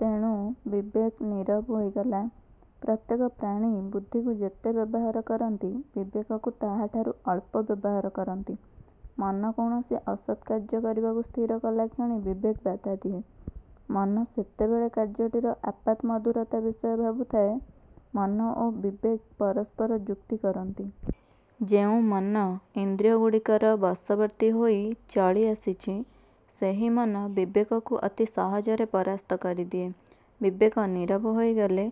ତେଣୁ ବିବେକ ନୀରବ ହୋଇଗଲା। ପ୍ରତ୍ୟେକ ପ୍ରାଣୀ ବୁଦ୍ଧିକୁ ଯେତେ ବ୍ୟବହାର କରନ୍ତି, ବିବେକକୁ ତାହାଠାରୁ ଅଳ୍ପ ବ୍ୟବହାର କରନ୍ତି। ମନ କୌଣସି ଅସତ୍ କାର୍ଯ୍ୟ କରିବାକୁ ସ୍ଥିର କଲାକ୍ଷଣି ବିବେକ ବାଧା ଦିଏ। ମନ ସେତେବେଳେ କାର୍ଯ୍ୟଟିର ଆପାତ ମଧୁରତା ବିଷୟ ଭାବୁଥାଏ। ମନ ଓ ବିବେକ ପରସ୍ପର ଯୁକ୍ତି କରନ୍ତି। ଯେଉଁ ମନ ଇନ୍ଦ୍ରିୟଗୁଡ଼ିକର ବଶବର୍ତ୍ତୀ ହୋଇ ଚଳି ଆସିଛି, ସେହି ମନ ବିବେକକୁ ଅତି ସହଜରେ ପରାସ୍ତ କରିଦିଏ। ବିବେକ ନୀରବ ହୋଇଗଲେ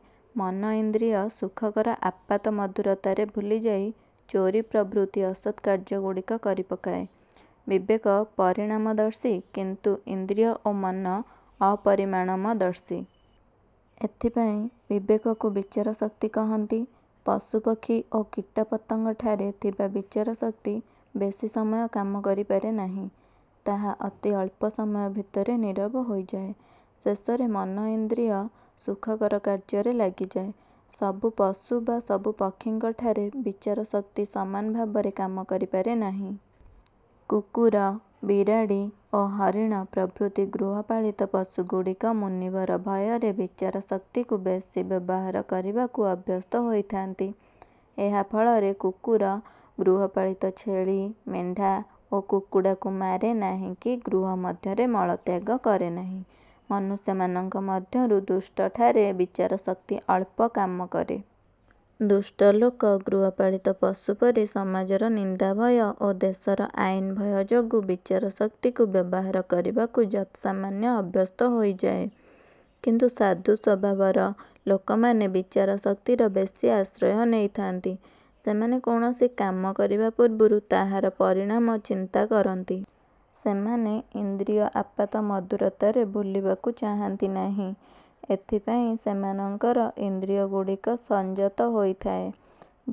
ମନ ଇନ୍ଦ୍ରିୟ-ସୁଖକର ଆପାତ ମଧୁରତାରେ ଭୁଲିଯାଇ ଚୋରି ପ୍ରଭୃତି ଅସତ୍ କାର୍ଯ୍ୟଗୁଡ଼ିକ କରିପକାଏ। ବିବେକ ପରିଣାମଦର୍ଶୀ କିନ୍ତୁ ଇନ୍ଦ୍ରିୟ ଓ ମନ ଅପରିମାଣମଦର୍ଶୀ। ଏଥିପାଇଁ ବିବେକକୁ ବିଚାରଶକ୍ତି କହନ୍ତି। ପଶୁପକ୍ଷୀ ଓ କୀଟପତଙ୍ଗଠାରେ ଥିବା ବିଚାରଶକ୍ତି ବେଶୀ ସମୟ କାମ କରିପାରେ ନାହିଁ। ତାହା ଅତି ଅଳ୍ପ ସମୟ ଭିତରେ ନୀରବ ହୋଇଯାଏ। ଶେଷରେ ମନ ଇନ୍ଦ୍ରିୟ-ସୁଖକର କାର୍ଯ୍ୟରେ ଲାଗିଯାଏ। ସବୁ ପଶୁ ବା ସବୁ ପକ୍ଷୀଙ୍କ ଠାରେ ବିଚାରଶକ୍ତି ସମାନ ଭାବରେ କାମ କରିପାରେ ନାହିଁ। କୁକୁର, ବିରାଡ଼ି ଓ ହରିଣ ପ୍ରଭୃତି ଗୃହପାଳିତ ପଶୁଗୁଡ଼ିକ ମୁନିବର ଭୟରେ ବିଚାରଶକ୍ତିକୁ ବେଶି ବ୍ୟବହାର କରିବାକୁ ଅଭ୍ୟସ୍ତ ହୋଇଥାନ୍ତି। ଏହା ଫଳରେ କୁକୁର ଗୃହପାଳିତ ଛେଳି, ମେଣ୍ଢା ଓ କୁକୁଡ଼ାକୁ ମାରେ ନାହିଁ କି ଗୃହ ମଧ୍ୟରେ ମଳତ୍ୟାଗ କରେ ନାହିଁ। ମନୁଷ୍ୟମାନଙ୍କ ମଧ୍ୟରୁ ଦୁଷ୍ଟଠାରେ ବିଚାରଶକ୍ତି ଅଳ୍ପ କାମ କରେ। ଦୁଷ୍ଟ ଲୋକ ଗୃହପାଳିତ ପଶୁପରି ସମାଜର ନିନ୍ଦାଭୟ ଓ ଦେଶର ଆଇନ ଭୟ ଯୋଗୁଁ ବିଚାରଶକ୍ତିକୁ ବ୍ୟବହାର କରିବାକୁ ଯତ୍ ସାମାନ୍ୟ ଅଭ୍ୟସ୍ତ ହୋଇଯାଏ କିନ୍ତୁ ସାଧୁ ସ୍ଵଭାବର ଲୋକମାନେ ବିଚାରଶକ୍ତିର ବେଶୀ ଆଶ୍ରୟ ନେଇଥାନ୍ତି। ସେମାନେ କୌଣସି କାମ କରିବା ପୂର୍ବରୁ ତାହାର ପରିଣାମ ଚିନ୍ତା କରନ୍ତି। ସେମାନେ ଇନ୍ଦ୍ରିୟ ଆପାତ ମଧୁରତାରେ ଭୁଲିବାକୁ ଚାହାନ୍ତି ନାହିଁ। ଏଥିପାଇଁ ସେମାନଙ୍କର ଇନ୍ଦ୍ରିୟଗୁଡ଼ିକ ସଂଯତ ହୋଇଥାଏ।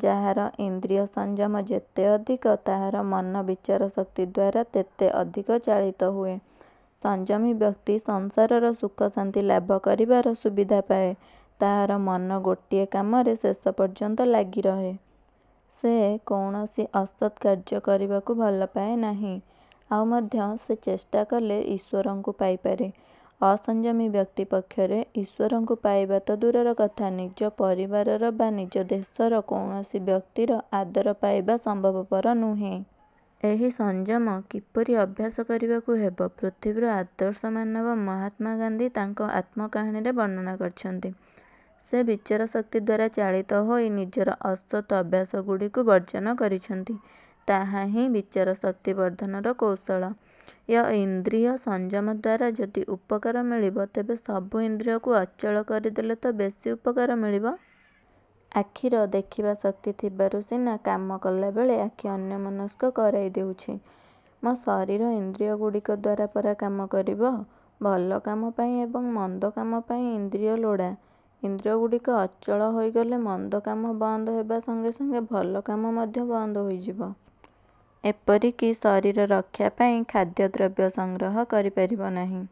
ଯାହାର ଇନ୍ଦ୍ରିୟ-ସଂଯମ ଯେତେ ଅଧିକ, ତାହାର ମନ ବିଚାରଶକ୍ତି ଦ୍ଵାରା ତେତେ ଅଧିକ ଚାଳିତ ହୁଏ। ସଂଯମୀ ବ୍ୟକ୍ତି ସଂସାରର ସୁଖଶାନ୍ତି ଲାଭ କରିବାର ସୁବିଧା ପାଏ। ତାହାର ମନ ଗୋଟିଏ କାମରେ ଶେଷ ପର୍ଯ୍ୟନ୍ତ ଲାଗି ରହେ। ସେ କୌଣସି ଅସତ୍ କାର୍ଯ୍ୟ କରିବାକୁ ଭଲପାଏ ନାହିଁ। ଆଉ ମଧ୍ୟ ସେ ଚେଷ୍ଟା କଲେ ଈଶ୍ଵରଙ୍କୁ ପାଇପାରେ। ଅସଂଯମୀ ବ୍ୟକ୍ତି ପକ୍ଷରେ ଈଶ୍ଵରଙ୍କୁ ପାଇବା ତ ଦୂରର କଥା, ନିଜ ପରିବାରର ବା ନିଜ ଦେଶର କୌଣସି ବ୍ୟକ୍ତିର ଆଦର ପାଇବା ସମ୍ଭବପର ନୁହେଁ। ଏହି ସଂଯମ କିପରି ଅଭ୍ୟାସ କରିବାକୁ ହେବ, ପୃଥିବୀର ଆଦର୍ଶ ମାନବ ମହାତ୍ମା ଗାନ୍ଧୀ ତାଙ୍କ ଆତ୍ମକାହାଣୀରେ ବର୍ଣ୍ଣନା କରିଛନ୍ତି। ସେ ବିଚାରଶକ୍ତି ଦ୍ଵାରା ଚାଳିତ ହୋଇ ନିଜର ଅସତ୍ ଅଭ୍ୟାସଗୁଡ଼ିକୁ ବର୍ଜନ କରିଛନ୍ତି। ତାହାହିଁ ବିଚାରଶକ୍ତି ବର୍ଦ୍ଧନର କୌଶଳ। ୟ–ଇନ୍ଦ୍ରିୟ ସଂଯମ ଦ୍ଵାରା ଯଦି ଉପକାର ମିଳିବ, ତେବେ ସବୁ ଇନ୍ଦ୍ରିୟକୁ ଅଚଳ କରିଦେଲେ ତ ବେଶୀ ଉପକାର ମିଳିବ? ଆଖିର ଦେଖିବା ଶକ୍ତି ଥିବାରୁ ସିନା କାମ କଲାବେଳେ ଆଖି ଅନ୍ୟମନସ୍କ କରାଇ ଦେଉଛି? ମ–ଶରୀର ଇନ୍ଦ୍ରିୟଗୁଡ଼ିକ ଦ୍ଵାରା ପରା କାମ କରିବ? ଭଲ କାମ ପାଇଁ ଏବଂ ମନ୍ଦ କାମ ପାଇଁ ଇନ୍ଦ୍ରିୟ ଲୋଡ଼ା। ଇନ୍ଦ୍ରିୟଗୁଡ଼ିକ ଅଚଳ ହୋଇଗଲେ ମନ୍ଦ କାମ ବନ୍ଦ ହେବା ସଙ୍ଗେ ସଙ୍ଗେ ଭଲ କାମ ମଧ୍ୟ ବନ୍ଦ ହୋଇଯିବ। ଏପରିକି ଶରୀର ରକ୍ଷା ପାଇଁ ଖାଦ୍ୟ ଦ୍ରବ୍ୟ ସଂଗ୍ରହ କରି ପାରିବ ନାହିଁ,